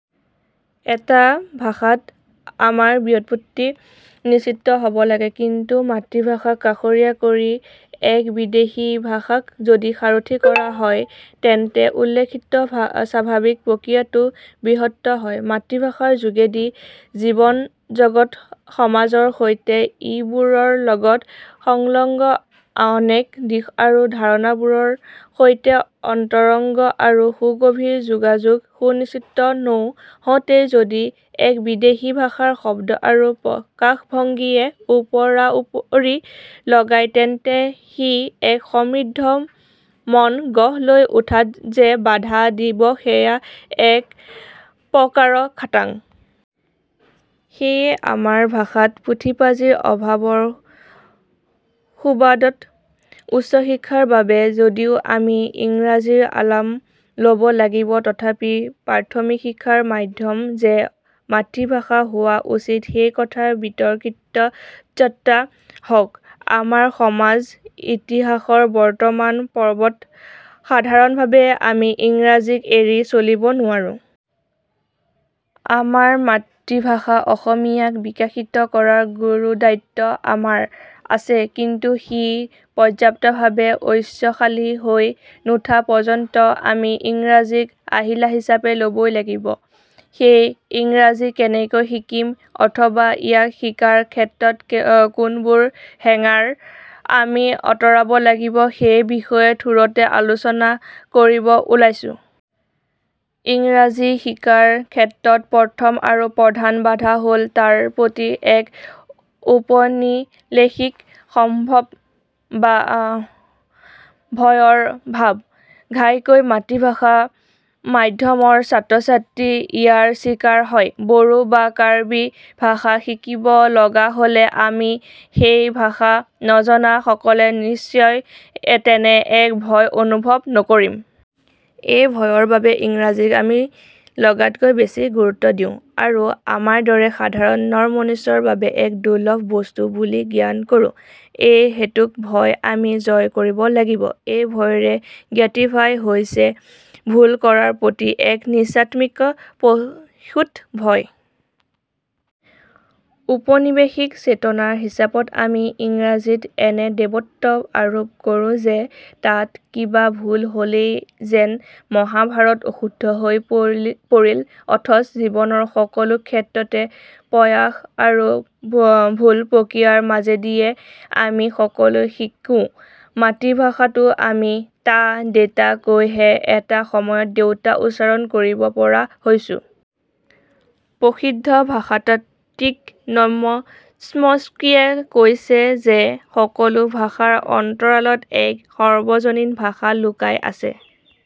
এটা ভাষাত আমাৰ ব্যুৎপত্তি নিশ্চিত হব লাগে। কিন্তু মাতৃভাষাক কাষৰীয়া কৰি এক বিদেশী ভাষাক যদি সাৰথি কৰা হয় তেন্তে উল্লেখিত স্বাভাৱিক প্ৰক্ৰিয়াটো ব্যাহত হয়। মাতৃভাষাৰ যোগেদি জীৱনজগতসমাজৰ সৈতে ইবোৰৰ লগত সংলগ্ন অনেক দিশ আৰু ধাৰণাবোৰৰ সৈতে অন্তৰংগ আৰু সুগভীৰ যোগাযোগ সুনিশ্চিত নৌ হওঁতেই যদি এক বিদেশী ভাষাৰ শব্দ আৰু প্ৰকাশভংগীয়ে ওপৰাউপৰি লগায় তেন্তে সি এক সমৃদ্ধ মন গঢ় লৈ উঠাত যে বাধা দিব সেয়া একপ্ৰকাৰ খাটাং। সেয়ে আমাৰ ভাষাত পুথিপাঁজিৰ অভাৱৰ সুবাদত উচ্চশিক্ষাৰ বাবে যদিও আমি ইংৰাজীৰ আলম লব লাগিব তথাপি প্ৰাথমিক শিক্ষাৰ মাধ্যম যে মাতৃভাষা হোৱা উচিত সেইকথা বিতৰ্কিতযতা হওক। আমাৰ সমাজ ইতিহাসৰ বৰ্তমানৰ পৰ্বত সাধাৰণভাৱে আমি ইংৰাজীক এৰি চলিব নোৱাৰোঁ। আমাৰ মাতৃভাষা অসমীয়াক বিকাশিত কৰাৰ গুৰুদায়িত্ব আমাৰ আছে কিন্তু সি পৰ্যাপ্তভাৱে ঐশ্বশালী হৈ নুঠা পৰ্যন্ত আমি ইংৰাজীক আহিলা হিচাপে লবই লাগিব। সেয়ে ইংৰাজী কেনেকৈ শিকিম অথবা ইয়াক শিকাৰ ক্ষেত্ৰত কোনবোৰ হেঙাৰ আমি আতৰাব লাগিব সেইবিষয়ে থোৰতে আলোচনা কৰিব ওলাইছোঁ। ইংৰাজী শিকাৰ ক্ষেত্ৰত প্ৰথম আৰু প্ৰধান বাধা হল তাৰ প্ৰতি এক ঔপনিলেশিক সন্ভব বা ভয়ৰ ভাৱ। ঘাইকৈ মাতৃভাষা মাধ্যমৰ ছাত্ৰছাত্ৰী ইয়াৰ চিকাৰ হয়। বড়ো বা কাৰ্বি ভাষা শিকিব লগা হলে আমি সেই ভাষা নজনা সকলে নিশ্চয় তেনে এক ভয় অনুভৱ নকৰিম। এই ভয়ৰ বাবে ইংৰাজীক আমি লগাতকৈ বেছি গুৰুত্ব দিওঁ আৰু আমাৰ দৰে সাধাৰণ নৰমনিচৰ বাবে এক দুৰ্লভ বস্তু বুলি জ্ঞান কৰোঁ। এই হেতুক ভয় আমি জয় কৰিব লাগিব। এই ভয়ৰে জ্ঞাতিভাই হৈছে ভুল কৰাৰ প্ৰতি এক নীচাত্মিকাপ্ৰসূত ভয়। ঔপনিৱেশিক চেতনাৰ হিচাপত আমি ইংৰাজীত এনে দেৱত্ব আৰোপ কৰোঁ যে তাত কিবা ভুল হলেই যেন মহাভাৰত অশুদ্ধ হৈ পৰিল অথচ জীৱনৰ সকলো ক্ষেত্ৰতে প্ৰয়াস আৰু ভুল প্ৰক্ৰিয়াৰ মাজেদিয়ে আমি সকলো শিকোঁ। মাতৃভাষাতো আমি তা, দেতা আদি কৈহে এটা সময়ত দেউতা উচ্চাৰণ কৰিব পৰা হৈছোঁ। প্ৰসিদ্ধ ভাষাতাত্ত্বিক নৌম চ্মস্কিয়ে কৈছে যে সকলো ভাষাৰ অন্তৰালত এক সৰ্বজনীন ভাষা লুকাই আছে।